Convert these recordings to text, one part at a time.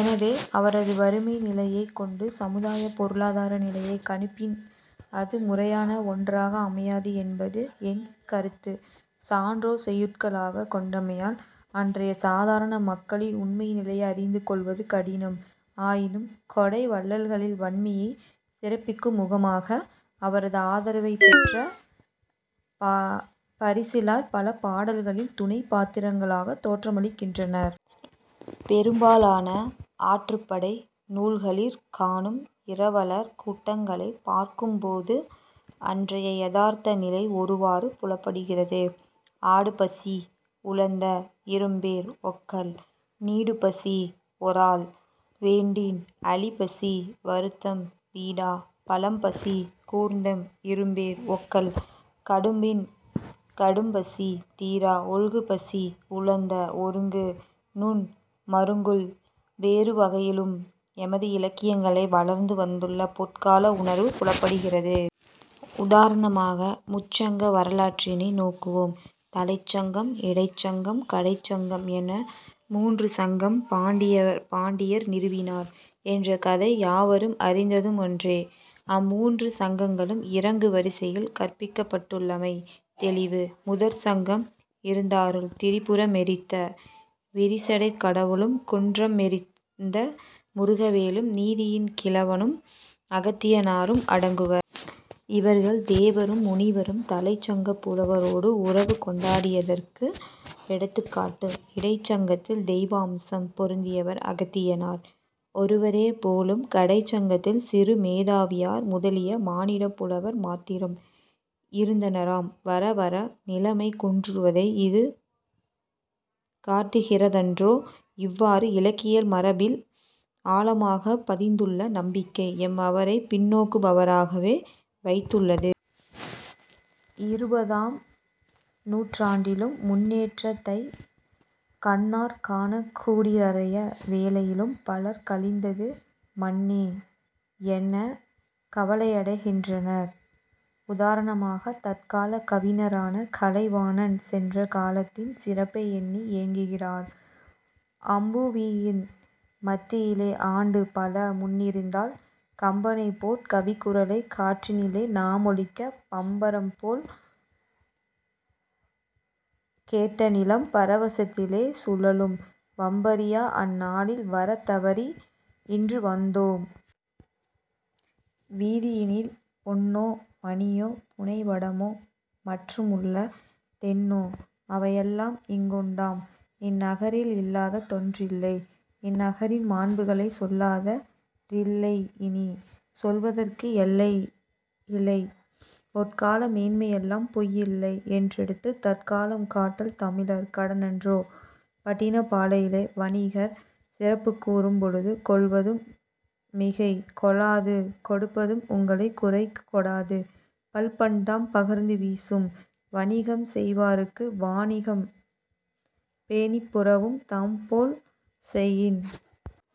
எனவே அவரது வறுமைநிலையைக் கொண்டு சமுதாயப் பொருளாதார நிலையைக் கணிப்பின் அது முறையான ஒன்றாக அமையாது என்பது என் கருத்து. சான்றோர் செய்யுட்களாகக் கொண்டமையால் அன்றைய சாதாரண மக்களின் உண்மை நிலையை அறிந்து கொள்வது கடினம். ஆயினும் கொடை வள்ளல்களின் வண்மையைச் சிறப்பிக்குமுகமாக, அவரது ஆதரவைப் பெற்ற பரிசிலர் பல பாடல்களில் துணைப் பாத்திரங்களாகத் தோற்றமளிக்கின்றனர். பெரும்பாலான ஆற்றுப் படை நூல்களிற் காணும் இரவலர் கூட்டங்களைப் பார்க்கும்போது, அன்றைய யதார்த்த நிலை ஒருவாறு புலப்படுகிறது. "ஆடுபசி உழந்த இரும்பேர் ஒக்கல்" "நீடுபசி ஒராஅல் வேண்டின்" "அழிபசி வருத்தம் வீட" "பழம்பசி கூர்ந்தஎம் இரும்பேர் ஒக்கல்" "கடும்பின் கடும்பசி தீர" "ஒல்குபசி உழந்த ஒருங்கு நுண் மருங்குல்" வேறுவகையிலும் எமது இலக்கியங்கள் வளர்ந்து வந்துள்ள பொற்கால உணர்வு புலப்படுகிறது. உதாரணமாக முச்சங்க வரலாற்றினை நோக்குவோம். தலைச்சங்கம், இடைச்சங்கம், கடைச்சங்கம் என மூன்று சங்கம் பாண்டியர் நிறுவினர் என்ற கதை யாவரும் அறிந்ததொன்றே. அம்மூன்று சங்கங்களும் இறங்கு வரிசையில் கற்பிக்கப்பட்டுள்ளமை தௌிவு. முதற் சங்கம் இருந்தாருள் திரிபுரமெரித்த விரிசடைக் கடவுளும், குன்றமெறிந்த முருகவேளும், நிதியின் கிழவனும், அகத்தியனாரும் அடங்குவர். இவர்கள் தேவரும் முனிவரும் தலைச்சங்கப் புலவரோடு உறவு கொண்டாடியதற்கு எடுத்துக்காட்டு. இடைச் சங்கத்தில் தெய்வாம்சம் பொருந்தியவர் அகத்தியனார் ஒருவரேபோலும். கடைச்சங்கத்தில் சிறுமேதாவியார் முதலிய மானிடப் புலவர் மாத்திரம் இருந்தனராம். வரவர நிலைமை குன்றுவதை இது காட்டுகிறதன்றோ! இவ்வாறு இலக்கிய மரபில் ஆழமாகப் பதிந்துள்ள நம்பிக்கை எம்மவரைப் பின்னோக்குபவராகவே வைத்துளது. இருபதாம் நூற்றாண்டிலும்-முன்னேற்றத்தைக் கண்ணாற் காணக்கூடிறய வேளையிலும்-பலர் "கழிந்தது மன்னே" எனக் கவலையடைகின்றனர். உதாரணமாக, தற்காலக் கவிஞரான கலைவாணன் சென்ற காலத்தின் சிறப்பையெண்ணி ஏங்குகிறார். "அம்புவியின் மத்தியிலே ஆண்டுபல முன்னிருந்தால் கம்பனைப் போற் கவிக்குரலைக் காற்றினிலே நாமொலிக்கப் பம்பரம்போல் கேட்ட நிலம் பரவசத்திலே சுழலும் வம்பறியா அந் நாளில் வரத் தவறி இன்று வந்தோம். "வீதியினில் பொன்னோ மணியோ, புனைவடமோ மற்றுமுள தென்னோ அவையெல்லாம் இங்குண்டாம் இந்நகரில் இல்லாத தொன்றில்லை இந் நகரின் மாண்புகளைச் சொல்லாதா ரில்லையினிச் சொல்வதற்கும் எல்லையிலை. பொற்கால மேன்மையெலாம் பொய்யில்லை என்றெடுத்துத் தற்காலம் காட்டல் தமிழர் கடனன்றோ. " பட்டினப்பாலையிலே வணிகர் சிறப்புக் கூறும் பொழுது, "கொள்வதூஉ மிகை கொளாது கொடுப்பதூஉங் குறைக்கு கொடாது பல்பண்டம் பகர்ந்து வீசும்" "வணிகம் செய்வார்க்கு வாணிகம் பேணிப் பிறவும் தமபோல் செயின்.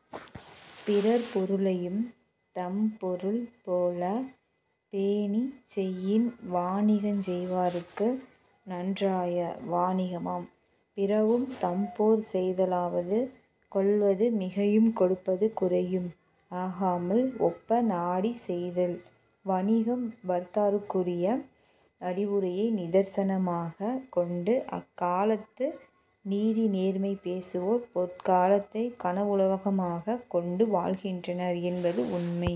" "பிறர் பொருளையும் தம்பொருள் போலப் பேணிச் செய்யின், வாணிகஞ் செய்வார்க்கு நன்றாய வாணிகம் ஆம். பிறவும் தம்போற் செய்தலாவது கொள்வது மிகையும் கொடுப்பது குறையும் ஆகாமல் ஒப்ப நாடிச் செய்தல். " வணிக வர்க்கத்தாருக்குரிய அறிவுரையை நிதர்சனமாகக் கொண்டு, அக்காலத்து "நீதிநேர்மை" பேசுவோர் பொற்காலத்தைக் கனவுலகமாகக் கொண்டு வாழ்கின்றனர் என்பது உண்மை.